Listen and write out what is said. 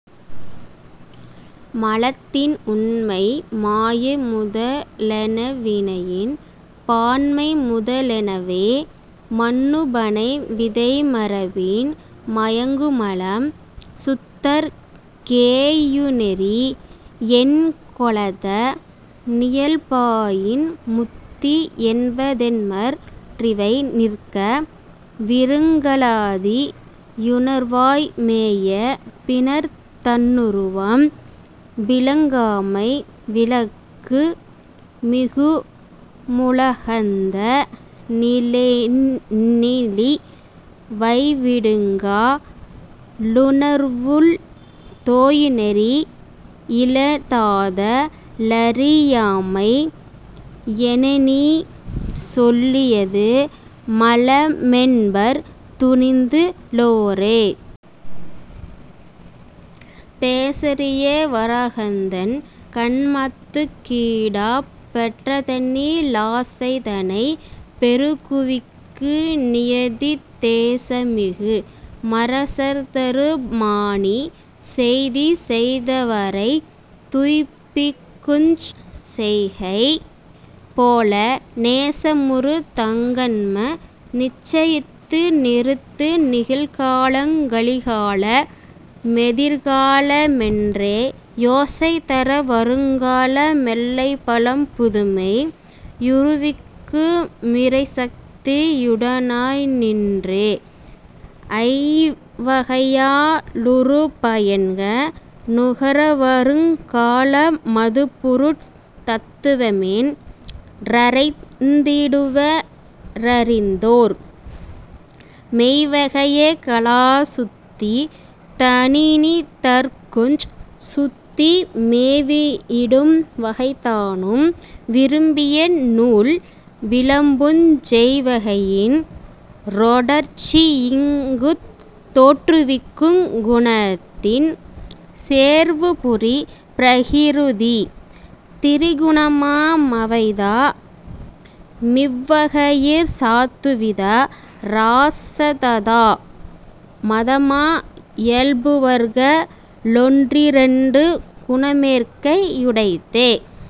மலத்தின் உண்மை மாயைமுத லெனவினையின் பான்மைமுதலெனவே மன்னுபனை விதைமரபின் மயங்குமலம் சுத்தற் கேயுநெறி யென்கொலத னியல்பாயின் முத்தி என்பதென்மற் றிவை நிற்க விருங்கலாதி யுணர்வாய் மேய பினர்த் தன்னுருவம் விளங்காமை விளக்கு மிகுமுலகந்த னிலென்னிலி வைவிடுங்கா லுணர்வுள் தோயுநெறி யிலதாத லறியாமை யெனநீ சொல்லியது மலமென்பர் துணிந்து ளோரே. பேசரிய வராகந்தன் கன்மத்துக் கீடாப் பெற்றதனி லாசைதனைப் பெருகுவிக்கு நியதி தேசமிகு மரசர்தரு மாணி செய்தி செய்தவரைத் துய்ப்பிக்குஞ் செய்கை போல நேசமுறு தங்கன்ம நிச்சயித்து நிறுத்து நிகழ்காலங் கழிகால மெதிர்கால மென்றே யோசைதர வருங்கால மெல்லைபலம் புதுமை யுறுவிக்கு மிறைசக்தி யுடனாய் நின்றே. ஐவகையா லுறுபயன்க ணுகரவருங் கால மதுபுருட தத்துவமென் றறைந்திடுவ ரறிந்தோர் மெய்வகைய கலாசுத்தி தனினிதற்குஞ் சுத்தி மேவியிடும் வகைதானும் விரும்பிய நூல் விளம்புஞ் செய்வகையின் றொடர்ச்சியிங்குத் தோற்றுவிக்குங் குணத்தின் சேர்வுபுரி பிரகிருதி திரிகுணமா மவைதா மிவ்வகையிற் சாத்துவித ராசததா மதமா இயம்புவர்க ளொன்றிரண்டு குணமேற்கை யுடைத்தே.